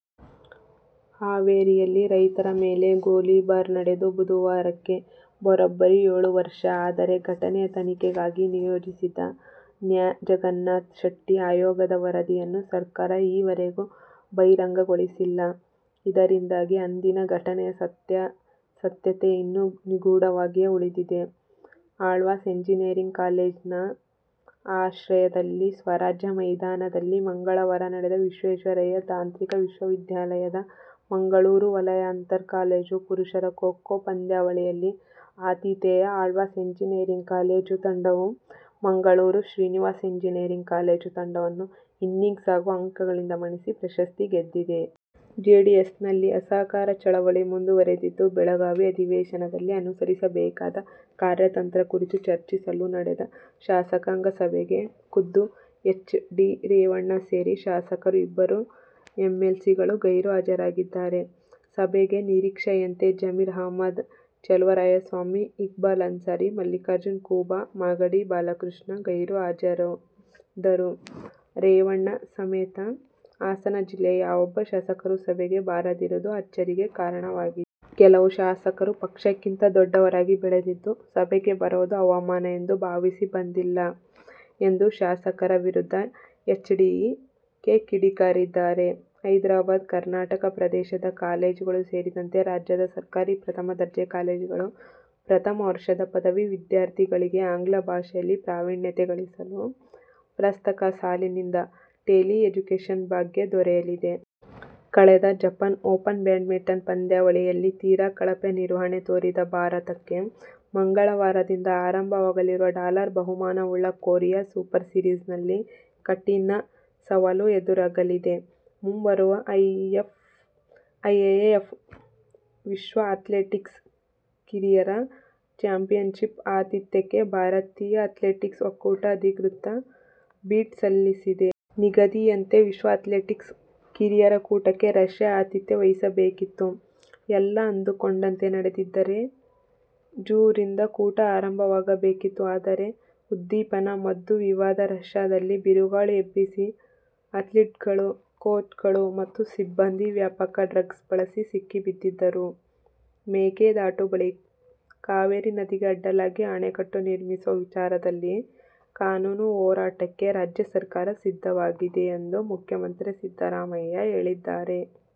ಹಾವೇರಿಯಲ್ಲಿ ರೈತರ ಮೇಲೆ ಗೋಲಿಬಾರ್ ನಡೆದು ಬುಧವಾರಕ್ಕೆ ಬರೋಬ್ಬರಿ ಏಳು ವರ್ಷ. ಆದರೆ ಘಟನೆಯ ತನಿಖೆಗಾಗಿ ನಿಯೋಜಿಸಿದ್ದ ನ್ಯಾ ಜಗನ್ನಾಥ ಶೆಟ್ಟಿ ಆಯೋಗದ ವರದಿಯನ್ನು ಸರ್ಕಾರ ಈವರೆಗೂ ಬಹಿರಂಗಗೊಳಿಸಿಲ್ಲ. ಇದರಿಂದಾಗಿ ಅಂದಿನ ಘಟನೆಯ ಸತ್ಯಾಸತ್ಯತೆ ಇನ್ನು ನಿಗೂಢವಾಗಿಯೇ ಉಳಿದಿದೆ. ಆಳ್ವಾಸ್ ಎಂಜಿನಿಯರಿಂಗ್ ಕಾಲೇಜಿನ ಆಶ್ರಯದಲ್ಲಿ ಸ್ವರಾಜ್ಯ ಮೈದಾನದಲ್ಲಿ ಮಂಗಳವಾರ ನಡೆದ ವಿಶ್ವೇಶ್ವರಯ್ಯ ತಾಂತ್ರಿಕ ವಿಶ್ವವಿದ್ಯಾಲಯದ ಮಂಗಳೂರು ವಲಯ ಅಂತರ್ ಕಾಲೇಜು ಪುರುಷರ ಖೋ ಖೋ ಪಂದ್ಯಾವಳಿಯಲ್ಲಿ ಆತಿಥೇಯ ಆಳ್ವಾಸ್ ಎಂಜಿನಿಯರಿಂಗ್ ಕಾಲೇಜು ತಂಡವು ಮಂಗಳೂರು ಶ್ರೀನಿವಾಸ ಎಂಜಿನಿಯರಿಂಗ್ ಕಾಲೇಜು ತಂಡವನ್ನು ಇನ್ನಿಂಗ್ಸ್ ಹಾಗೂ ಅಂಕಗಳಿಂದ ಮಣಿಸಿ ಪ್ರಶಸ್ತಿ ಗೆದ್ದಿದೆ. ಜೆಡಿಎಸ್ನಲ್ಲಿ "ಅಸಹಕಾರ' ಚಳವಳಿ ಮುಂದು ವರಿದಿದ್ದು, ಬೆಳಗಾವಿ ಅಧಿ ವೇಶನದಲ್ಲಿ ಅನುಸರಿಸಬೇಕಾದ ಕಾರ್ಯತಂತ್ರ ಕುರಿತು ಚರ್ಚಿಸಲು ನಡೆದ ಶಾಸಕಾಂಗ ಸಭೆಗೆ ಖುದ್ದುಎಚ್. ಡಿ. ರೇವಣ್ಣ ಸೇರಿ ಶಾಸಕರು, ಇಬ್ಬರು ಎಂಎಲ್ಸಿಗಳು ಗೈರು ಹಾಜರಾಗಿದ್ದಾರೆ. ಸಭೆಗೆ ನಿರೀಕ್ಷೆಯಂತೆ ಜಮೀರ್ ಅಹಮದ್, ಚೆಲುವರಾಯಸ್ವಾಮಿ, ಇಕ್ಬಾಲ್ ಅನ್ಸಾರಿ, ಮಲ್ಲಿಕಾರ್ಜುನ ಕೂಬಾ, ಮಾಗಡಿ ಬಾಲಕೃಷ್ಣ ಗೈರು ಹಾಜರಾದರೂ ರೇವಣ್ಣ ಸಮೇತ ಹಾಸನ ಜಿಲ್ಲೆಯ ಯಾವೊಬ್ಬ ಶಾಸಕರೂ ಸಭೆಗೆ ಬಾರದಿರುವುದು ಅಚ್ಚರಿಗೆ ಕಾರಣವಾಗಿದೆ. "ಕೆಲವು ಶಾಸಕರು ಪಕ್ಷಕ್ಕಿಂತ ದೊಡ್ಡವರಾಗಿ ಬೆಳೆದಿದ್ದು, ಸಭೆಗೆ ಬರುವುದು ಅವಮಾನ ಎಂದು ಭಾವಿಸಿ ಬಂದಿಲ್ಲ' ಎಂದು ಶಾಸಕರ ವಿರುದ್ಧ ಎಚ್ಡಿಕೆ ಕಿಡಿಕಾರಿದ್ದಾರೆ. ಹೈದರಾಬಾದ್- ಕರ್ನಾಟಕ ಪ್ರದೇಶದ ಕಾಲೇಜುಗಳು ಸೇರಿದಂತೆ ರಾಜ್ಯದ ಸರ್ಕಾರಿ ಪ್ರಥಮ ದರ್ಜೆ ಕಾಲೇಜುಗಳ ಪ್ರಥಮ ವರ್ಷದ ಪದವಿ ವಿದ್ಯಾರ್ಥಿಗಳಿಗೆ ಆಂಗ್ಲ ಭಾಷೆಯಲ್ಲಿ ಪ್ರಾವೀಣ್ಯತೆ ಗಳಿಸಲು ಪ್ರಸಕ್ತ ಸಾಲಿನಿಂದ "ಟೆಲಿ ಎಜುಕೇಷನ್ ಭಾಗ್ಯ' ದೊರೆಯಲಿದೆ. ಕಳೆದ ಜಪಾನ್ ಓಪನ್ ಬ್ಯಾಡ್ಮಿಂಟನ್ ಪಂದ್ಯಾವಳಿಯಲ್ಲಿ ತೀರಾ ಕಳಪೆ ನಿರ್ವಹಣೆ ತೋರಿದ ಭಾರತಕ್ಕೆ ಮಂಗಳವಾರದಿಂದ ಆರಂಭವಾಗಲಿರುವ ಡಾಲರ್ ಬಹುಮಾನವುಳ್ಳ "ಕೊರಿಯಾ ಸೂಪರ್ ಸೀರೀಸ್'ನಲ್ಲಿ ಕಠಿನ ಸವಾಲು ಎದುರಾಗಲಿದೆ. ಮುಂಬರುವ ಐಎಎಎಫ್ ವಿಶ್ವ ಅಥ್ಲೆಟಿಕ್ಸ್ ಕಿರಿಯರ ಚಾಂಪಿಯನ್ಶಿಪ್ ಆತಿಥ್ಯಕ್ಕೆ ಭಾರತೀಯ ಅಥ್ಲೆಟಿಕ್ಸ್ ಒಕ್ಕೂಟ ಅಧಿಕೃತ ಬಿಡ್ ಸಲ್ಲಿಸಿದೆ. ನಿಗದಿಯಂತೆ ವಿಶ್ವ ಅಥ್ಲೆಟಿಕ್ಸ್ ಕಿರಿಯರ ಕೂಟಕ್ಕೆ ರಷ್ಯಾ ಆತಿಥ್ಯ ವಹಿಸಬೇಕಿತ್ತು. ಎಲ್ಲ ಅಂದುಕೊಂಡಂತೆ ನಡೆದಿದ್ದರೆ ಜು. ರಿಂದ ಕೂಟ ಆರಂಭವಾಗಬೇಕಿತ್ತು. ಆದರೆ ಉದ್ದೀಪನಾ ಮದ್ದು ವಿವಾದ ರಷ್ಯಾದಲ್ಲಿ ಬಿರುಗಾಳಿ ಎಬ್ಬಿಸಿ ಅಥ್ಲೀಟ್ಗಳು, ಕೋಚ್ಗಳು ಮತ್ತು ಸಿಬ್ಬಂದಿ ವ್ಯಾಪಕ ಡ್ರಗ್ಸ್ ಬಳಸಿ ಸಿಕ್ಕಿಬಿದ್ದಿದ್ದರು. ಮೇಕೆದಾಟು ಬಳಿ ಕಾವೇರಿ ನದಿಗೆ ಅಡ್ಡಲಾಗಿ ಅಣೆಕಟ್ಟು ನಿರ್ಮಿಸುವ ವಿಚಾರದಲ್ಲಿ ಕಾನೂನು ಹೋರಾಟಕ್ಕೆ ರಾಜ್ಯ ಸರ್ಕಾರ ಸಿದ್ಧವಾಗಿದೆ ಎಂದು ಮುಖ್ಯಮಂತ್ರಿ ಸಿದ್ದರಾಮಯ್ಯ ಹೇಳಿದ್ದಾರೆ.